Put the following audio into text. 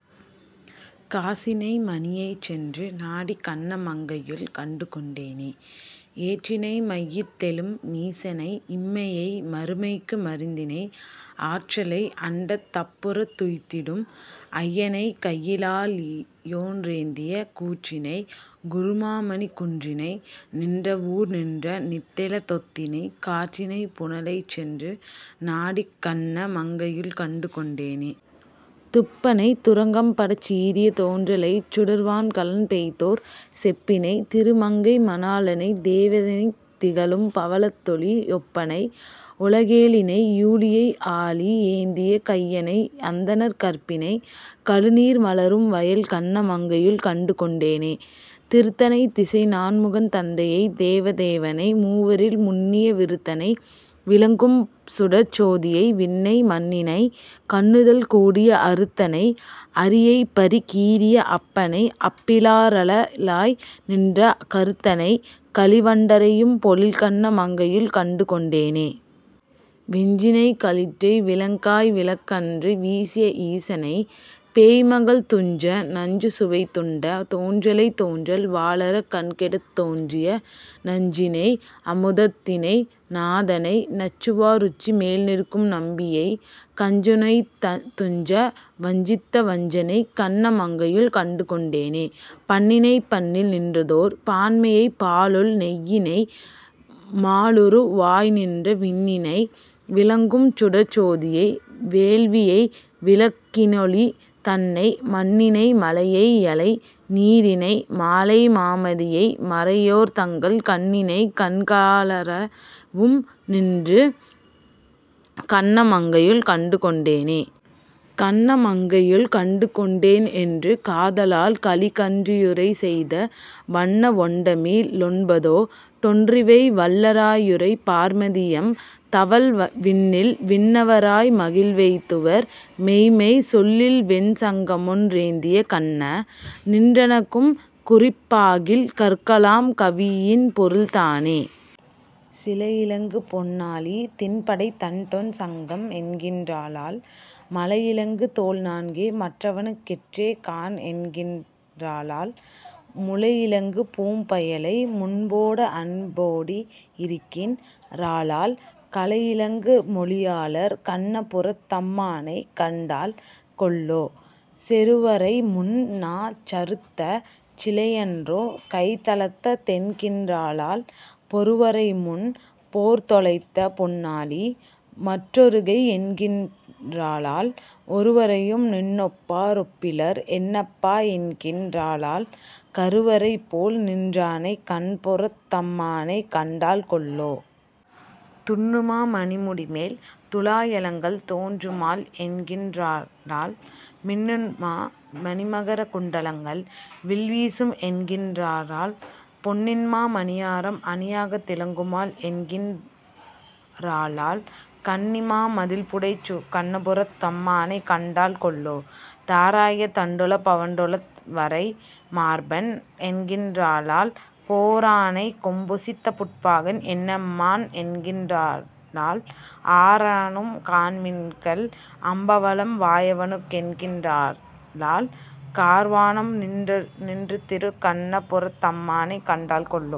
காசி னைமணி யைச்சென்று நாடிக் கண்ண மங்கையுள் கண்டுகொண் டேனே. ஏற்றி னையிம யத்துளெம் மீசனை இம்மை யைமறு மைக்கு மருந்தினை, ஆற்ற லை அண்டத் தப்புறத் துய்த்திடும் ஐய னைக்கையி லாழியொன் றேந்திய கூற்றி னை, குரு மாமணிக் குன்றினை நின்ற வூர்நின்ற நித்திலத் தொத்தினை, காற்றி னைப்புன லைச்சென்று நாடிக் கண்ண மங்கையுள் கண்டுகொண் டேனே. துப்ப னைத்துரங் கம்படச் சீறிய தோன்ற லைச்சுடர் வான்கலன் பெய்ததோர் செப்பி னை, திரு மங்கைம ணாளனைத் தேவ னைத்திக ழும்பவ ளத்தொளி ஒப்ப னை, உல கேழினை யூழியை ஆழி யேந்திய கையனை அந்தணர் கற்பி னை, கழு நீர்மல ரும்வயல் கண்ண மங்கையுள் கண்டுகொண் டேனே. திருத்த னைத்திசை நான்முகன் தந்தையைத் தேவ தேவனை மூவரில் முன்னிய விருத்த னை, விளங் கும்சுடர்ச் சோதியை விண்ணை மண்ணினைக் கண்ணுதல் கூடிய அருத்த னை, அரி யைப்பரி கீறிய அப்ப னை அப்பி லாரழ லாய்நின்ற கருத்த னை, களி வண்டறை யும்பொழில் கண்ண மங்கையுள் கண்டுகொண் டேனே. வெஞ்சி னக்களிற் றைவிளங் காய்விழக் கன்று வீசிய ஈசனை, பேய்மகள் துஞ்ச நஞ்சுசு வைத்துண்ட தோன்றலைத் தோன்றல் வாளரக் கன்கெடத் தோன்றிய நஞ்சி னை, அமு தத்தினை நாதனை நச்சு வாருச்சி மேல்நிற்கும் நம்பியை, கஞ்ச னைத்துஞ்ச வஞ்சித்த வஞ்சனைக், கண்ண மங்கையுள் கண்டுகொண் டேனே. பண்ணி னைப்பண்ணில் நின்றதோர் பான்மையைப் பாலுள் நெய்யினை மாலுரு வாய்நின்ற விண்ணி னை, விளங் கும்சுடர்ச் சோதியை வேள்வி யைவிளக் கினொளி தன்னை, மண்ணி னைமலை யையலை நீரினை மாலை மாமதி யைமறை யோர்தங்கள் கண்ணி னை, கண்க ளாரள வும்நின்று கண்ண மங்கையுள் கண்டுகொண் டேனே. கண்ண மங்கையுள் கண்டுகொண் டேன் என்று காத லால்கலி கன்றியு ரைசெய்த, வண்ண வொண்டமி ழொன்பதோ டொன்றிவை வல்ல ராயுரைப் பார்மதி யம்தவழ் விண்ணில் விண்ணவ ராய்மகிழ் வெய்துவர் மெய்ம்மை சொல்லில்வெண் சங்கமொன் றேந்திய கண்ண, நின்றனக் கும்குறிப் பாகில் கற்க லாம்கவி யின்பொருள் தானே. சிலையிலங்கு பொன்னாழி திண்படைதண் டொண்சங்கம் என்கின் றாளால், மலையிலங்கு தோள்நான்கே மற்றவனுக் கெற்றேகாண் என்கின் றாளால், முலையிலங்கு பூம்பயலை முன்போட அன்போடி யிருக்கின் றாளால், கலையிலங்கு மொழியாளர் கண்ணபுரத் தம்மானைக் கண்டாள் கொல்லோ.. செருவரைமுன் னாசறுத்த சிலையன்றோ கைத்தலத்த தென்கின் றாளால், பொருவரைமுன் போர்தொலைத்த பொன்னாழி மற்றொருகை என்கின் றாளால், ஒருவரையும் நின்னொப்பா ரொப்பிலர் என்னப்பா என்கின் றாளால், கருவரைபோல் நின்றானைக் கண்ணபுரத் தம்மானைக் கண்டாள் கொல்லோ.. துன்னுமா மணிமுடிமேல் துழாயலங்கல் தோன்றுமால் என்கின் றாளால், மின்னுமா மணிமகர குண்டலங்கள் வில்வீசும் என்கின் றாளால், பொன்னின்மா மணியாரம் அணியாகத் திலங்குமால் என்கின் றாளால், கன்னிமா மதிள்புடைசூழ் கண்ணபுரத் தம்மானைக் கண்டாள் கொல்லோ.. தாராய தண்டுளப வண்டுழுத வரைமார்பன் என்கின் றாளால், போரானைக் கொம்பொசித்த புட்பாகன் என்னம்மான் என்கின் றாளால், ஆரானும் காண்மின்கள் அம்பவளம் வாயவனுக் கென்கின் றாளால், கார்வானம் நின்றதிருக் கண்ணபுரத் தம்மானைக் கண்டாள் கொல்லோ..